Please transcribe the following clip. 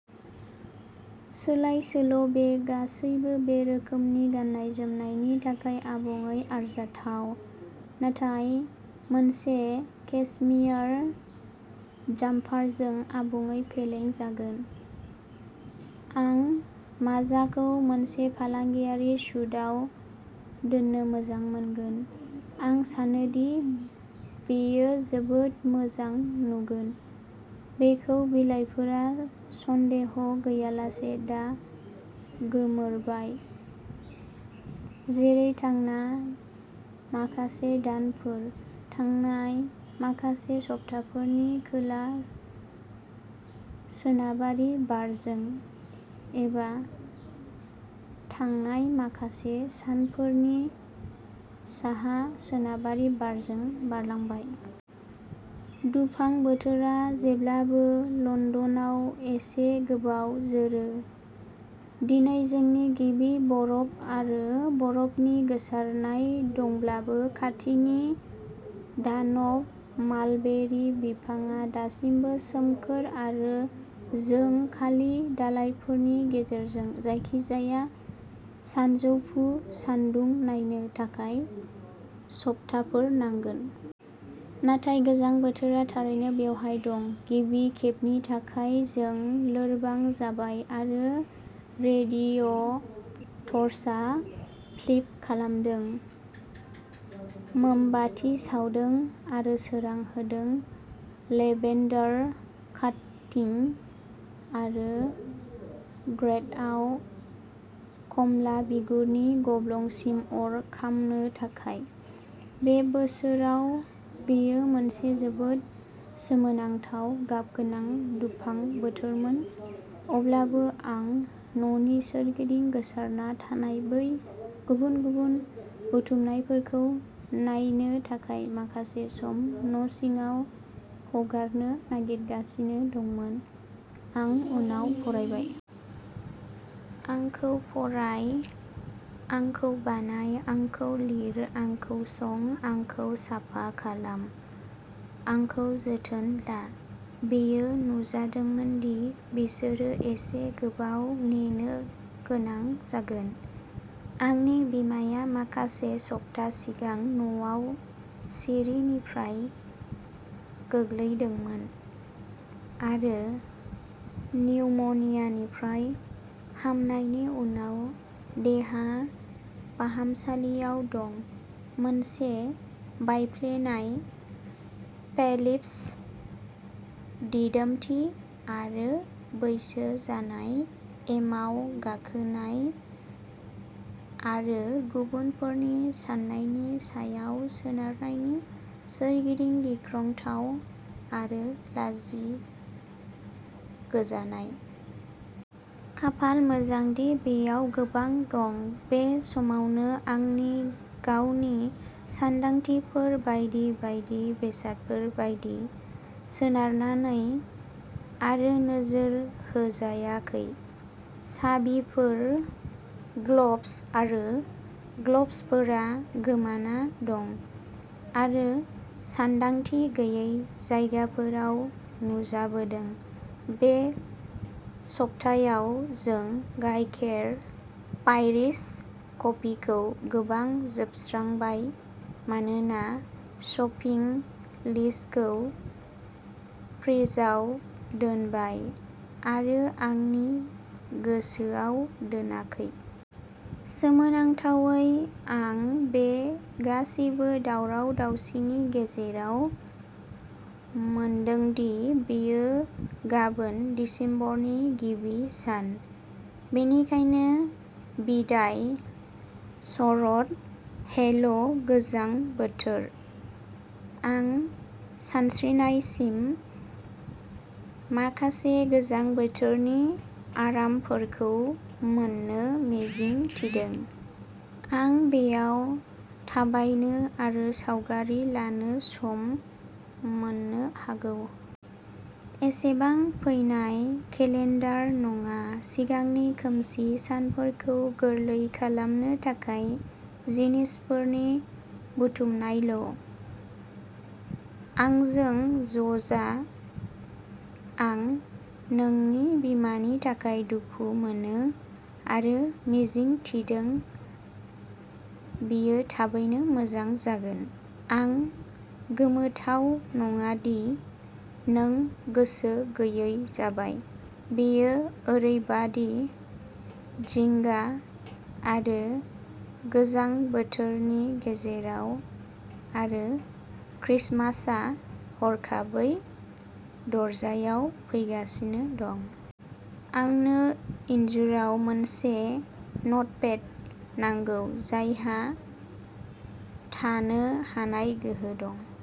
सोलाय-सोल' बे गासैबो बे रोखोमनि गाननाय-जोमनायनि थाखाय आबुङै आरजाथाव। नाथाय मोनसे केसमियार जाम्पारजों आबुङै फेलें जागोन आं माजाखौ मोनसे फालांगियारि सुटआव दोननो मोजां मोनगोन, आं सानो दि बेयो जोबोद मोजां नुगोन। बेफोर बिलाइफोरा सन्देह गैयालासे दा गोमोरबाय, जेरै थांनाय माखासे दानफोर, थांनाय माखासे सप्ताफोरनि खोला-सोनाबारि बारजों एबा थांनाय माखासे सानफोरनि साहा-सोनाबारि बारजों बारलांबाय। दुफां बोथोरा जेब्लाबो लन्दनाव एसे गोबाव जोरो। दिनै जोंनि गिबि बरफ आरो बरफनि गोसारनाय दंब्लाबो, खाथिनि दानब मालबेरि बिफांआ दासिमबो सोमखोर आरो जों खालि दालाइफोरनि गेजेरजों जायखिजाया सानजौफु सानदुं नायनो थाखाय सप्ताहफोर नांगोन। नाथाय गोजां बोथोरा थारैनो बेवहाय दं। गिबि खेबनि थाखाय जों लोरबां जाबाय आरो रेडिएटर्सआव फ्लिक खालामदों, मोमबाति सावदों आरो सोरां होदों। लेभेन्डार काटिं आरो ग्रेतआव खमला बिगुरनि गब्लंसिम अर खामनो थाखाय। बे बोसोराव बेयो मोनसे जोबोद सोमोनांथाव, गाबगोनां दुफां बोथोरमोन, अब्लाबो आं न'नि सोरगिदिं गोसारना थानाय बै गुबुन-गुबुन बुथुमनायफोरखौ नायनो थाखाय माखासे सम न'सिङाव हगारनो नागिरगासिनो दंमोन, "आं उनाव फराय! आंखौ फराय। आंखौ बानाय। आंखौ लिर। आंखौ सं। आंखौ साफा खालाम। आंखौ जोथोन ला।" बेयो नुजादोंमोन दि बिसोरो एसे गोबाव नेनो गोनां जागोन। आंनि बिमाया माखासे सप्ता सिगां न'आव सिरिनिफ्राय गोग्लैदोंमोन आरो निउम'नियानिफ्राय हामनायनि उनाव देहा फाहामसालियाव दं, मोनसे बायफ्लेनाय पेल्भिस, दिदोमथि आरो बैसो जानाय, एमाव गाखोनाय आरो गुबुनफोरनि साननायनि सायाव सोनारनायनि सोरगिदिं गिख्रंथाव आरो लाजिगोजानाय। खाफाल मोजां दि बेयाव गोबां दं। बे समावनो, आंनि गावनि सानदांथिफोर, बायदि बायदि बेसादफोर बायदि, गोसारनानै आरो नोजोर होजायाखै। साबिफोर ग्लब्स आरो ग्लब्सफोरा गोमाना दं आरो सानदांथि गैयै जायगाफोराव नुजाबोदों। बे सप्तायाव जों गाइखेर, पायरिज, कफिखौ गोबां जोबलांबाय मानोना शपिं लिस्टखौ फ्रिजआव दोनबाय आरो आंनि गोसोआव दोनाखै। सोमोनांथावै, आं बे गासिबो दावराव-दावसिनि गेजेराव मोनदों दि बेयो गाबोन दिसेम्बरनि गिबि सान। बेनिखायनो बिदाइ शरद, हेलो गोजां बोथोर। आं सानस्रिनायसिम माखासे गोजां बोथोरनि आरामफोरखौ मोन्नो मिजिं थिदों। आं बेयाव थाबायनो आरो सावगारि लानो सम मोननो हागौ। एसेबां फैनाय केलेन्डार नङा, सिगांनि खोमसि सानफोरखौ गोरलै खालामनो थाखाय जिनिसफोरनि बुथुमनायल'। आंजों ज'जा। आं नोंनि बिमानि थाखाय दुखु मोनो आरो मिजिं थिदों बियो थाबैनो मोजां जागोन। आं गोमोथाव नङा दि नों गोसो गैयै जाबाय, बेयो ओरैबादि जिंगा आरो गोजां बोथोरनि गेजेराव आरो क्रिसमासआ हरखाबै दरजायाव फैगासिनो दं। आंनो इन्जुराव मोनसे नटपेड नांगौ जायहा थानो हानाय गोहो दं।